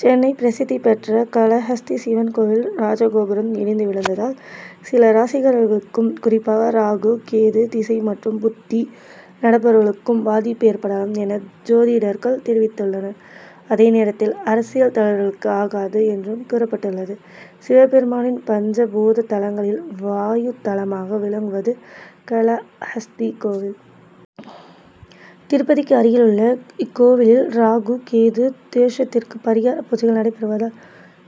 சென்னை பிரசித்தி பெற்ற காளஹஸ்தி சிவன் கோவில் ராஜகோபுரம் இடிந்து விழுந்ததால், சில ராசிக்காரர்களுக்கும், குறிப்பாக, ராகு, கேது திசை மற்றும் புத்தி நடப்பவர்களுக்கும் பாதிப்பு ஏற்படலாம் என, ஜோதிடர்கள் தெரிவித்துள்ளனர். அதே நேரத்தில், அரசியல் தலைவர்களுக்கு ஆகாது என்றும் கூறப்பட்டுள்ளது. சிவபெருமானின் பஞ்சபூத தலங்களில், வாயு தலமாக விளங்குவது காளஹஸ்தி கோவில். திருப்பதிக்கு அருகில் உள்ள இக்கோவிலில் ராகு, கேது தோஷத்திற்கு பரிகார பூஜைகள் நடைபெறுவதால்,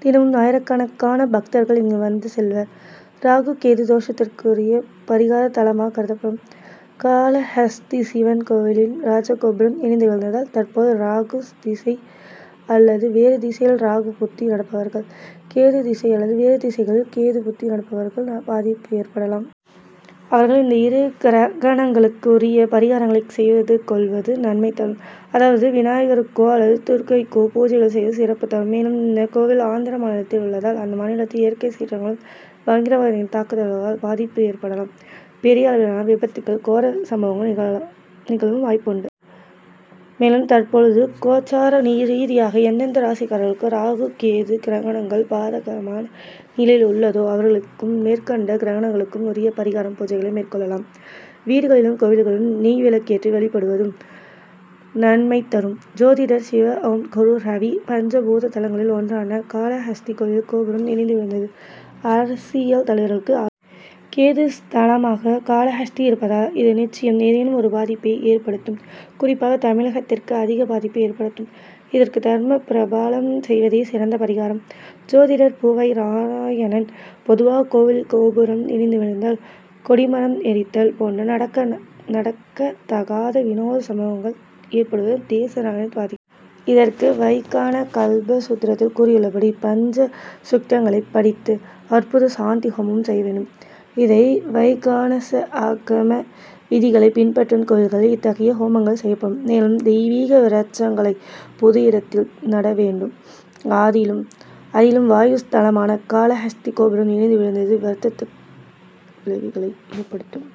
தினமும் ஆயிரக்கணக்கான பக்தர்கள் இங்கு வந்து செல்வர். ராகு, கேது தோஷத்திற்குரிய பரிகார தலமாக கருதப்படும் காளஹஸ்தி சிவன் கோவிலின் ராஜகோபுரம் இடிந்து விழுந்ததால், தற்போது ராகு திசை அல்லது வேறு திசையில் ராகு புத்தி நடப்பவர்கள், கேது திசை அல்லது வேறு திசைகளில் கேது புத்தி நடப்பவர்களுக்கு பாதிப்பு ஏற்படலாம். அவர்கள் இந்த இரு கிரகங்களுக்கும் உரிய பரிகாரங்களை செய்து கொள்வது நன்மை தரும். அதாவது, விநாயகருக்கோ அல்லது துர்கைக்கோ பூஜைகள் செய்வது சிறப்பு தரும். மேலும், இந்தக் கோவில் ஆந்திர மாநிலத்தில் உள்ளதால், அந்த மாநிலத்தில் இயற்கை சீற்றங்களாலும், பயங்கரவாதிகளின் தாக்குதல்களால் பாதிப்பு ஏற்படலாம். பெரிய அளவிலான விபத்துகள், கோர சம்பவங்கள் நிகழவும் வாய்ப்பு உண்டு. மேலும், தற்போது கோச்சார ரீதியாக, எந்தெந்த ராசிக்காரர்களுக்கு ராகு, கேது கிரகங்கள் பாதகமான நிலையில் உள்ளதோ, அவர்களும் மேற்கண்ட கிரகங்களுக்கு உரிய பரிகார பூஜைகளை மேற்கொள்ளலாம். வீடுகளிலும், கோவில்களிலும் நெய் விளக்கேற்றி வழிபடுவதும் நன்மை தரும். ஜோதிடர் சிவஓம்குருரவி பஞ்ச பூத தலங்களில் ஒன்றான காளஹஸ்தி கோவில் கோபுரம் இடிந்து விழுந்தது, அரசியல் தலைவர்களுக்கு ஆகாது. கேது ஸ்தலமாக காளஹஸ்தி இருப்பதால், இது நிச்சயம் ஏதேனும் ஒரு பாதிப்பை ஏற்படுத்தும். குறிப்பாக, தமிழகத்திற்கும் அது பாதிப்பை ஏற்படுத்தும். இதற்கு தர்ம பரிபாலனம் செய்வதே சிறந்த பரிகாரம். ஜோதிடர் பூவை நாராயணன் பொதுவாக கோவில் கோபுரம் இடிந்து விழுதல், கொடிமரம் எரிதல் போன்ற நடக்க தகாத, வினோத சம்பவங்கள் ஏற்படுவது தேச நலனை பாதிக்கும். இதற்கு வைகானச கல்ப சூத்திரத்தில் கூறியுள்ளபடி பஞ்ச சுக்தங்களை படித்து, "அற்புத சாந்தி ஹோமம்' செய்ய வேண்டும். இதை வைகானச ஆகம விதிகளை பின்பற்றும் கோவில்களில் இத்தகைய ஹோமங்கள் செய்யப்படும். மேலும், தெய்வீக விருட்சங்களை பொது இடத்தில் நட வேண்டும். அதிலும், வாயு ஸ்தலமான காளஹஸ்தி கோபுரம் இடிந்து விழுந்தது வருந்தத்தக்க விளைவுகளை ஏற்படுத்தும்.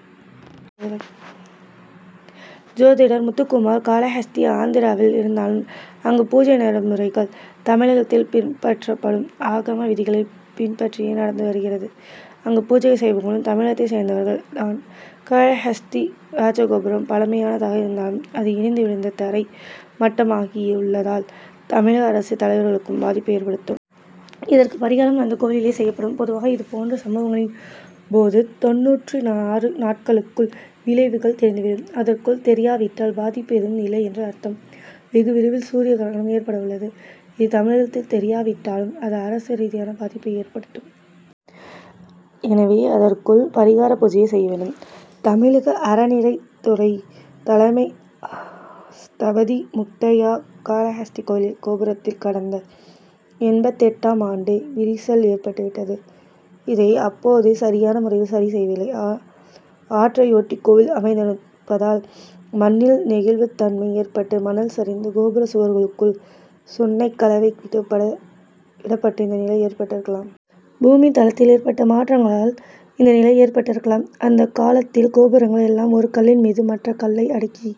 ஜோதிடர் முத்துகுமார் காளஹஸ்தி ஆந்திராவில் இருந்தாலும், அங்கு பூஜை நடைமுறைகள் தமிழகத்தில் பின்பற்றப்படும் ஆகம விதிகளை பின்பற்றியே நடந்து வருகிறது. அங்கு பூஜை செய்பவர்களும் தமிழகத்தைச் சேர்ந்தவர்கள் தான். காளஹஸ்தி ராஜகோபுரம் பழமையானதாக இருந்தாலும், அது இடிந்து விழுந்து தரை மட்டமாகியுள்ளதால் தமிழக அரசியல் தலைவர்களுக்கு பாதிப்பை ஏற்படுத்தும். இதற்கு பரிகாரம் அந்த கோவிலிலேயே செய்யப்படும். பொதுவாக இது போன்ற சம்பவங்களின் போது தொண்ணூறு நாட்களுக்குள் விளைவுகள் தெரிந்து விடும். அதற்குள் தெரியாவிட்டால் பாதிப்பு ஏதும் இல்லை என்று அர்த்தம். வெகு விரைவில் சூரிய கிரகணம் ஏற்பட உள்ளது. இது தமிழகத்தில் தெரியாவிட்டாலும், அது அரசு ரீதியான பாதிப்பை ஏற்படுத்தும். எனவே, அதற்குள் பரிகார பூஜையை செய்ய வேண்டும். தமிழக அறநிலையத்துறை தலைமை ஸ்தபதி முத்தையா காளஹஸ்தி கோவில் கோபுரத்தில், கடந்த எண்பத்தெட்டாம் ஆண்டே விரிசல் ஏற்பட்டு விட்டது. இதை அப்போது சரியான முறையில் சரிசெய்யவில்லை. ஆற்றை ஒட்டி கோவில் அமைந்திருப்பதால், மண்ணில் நெகிழ்வு தன்மை ஏற்பட்டு, மணல் சரிந்து, கோபுர சுவர்களுக்குள் சுண்ணக் கலவை விடுபட்டு இந்த நிலை ஏற்பட்டிருக்கலாம். பூமி தளத்தில் ஏற்பட்ட மாற்றங் களால் இந்நிலை ஏற்பட்டிருக்கலாம். அந்த காலத்தில் கோபுரங்கள் எல்லாம் ஒரு கல்லின் மீது மற்ற கல்லை அடுக்கி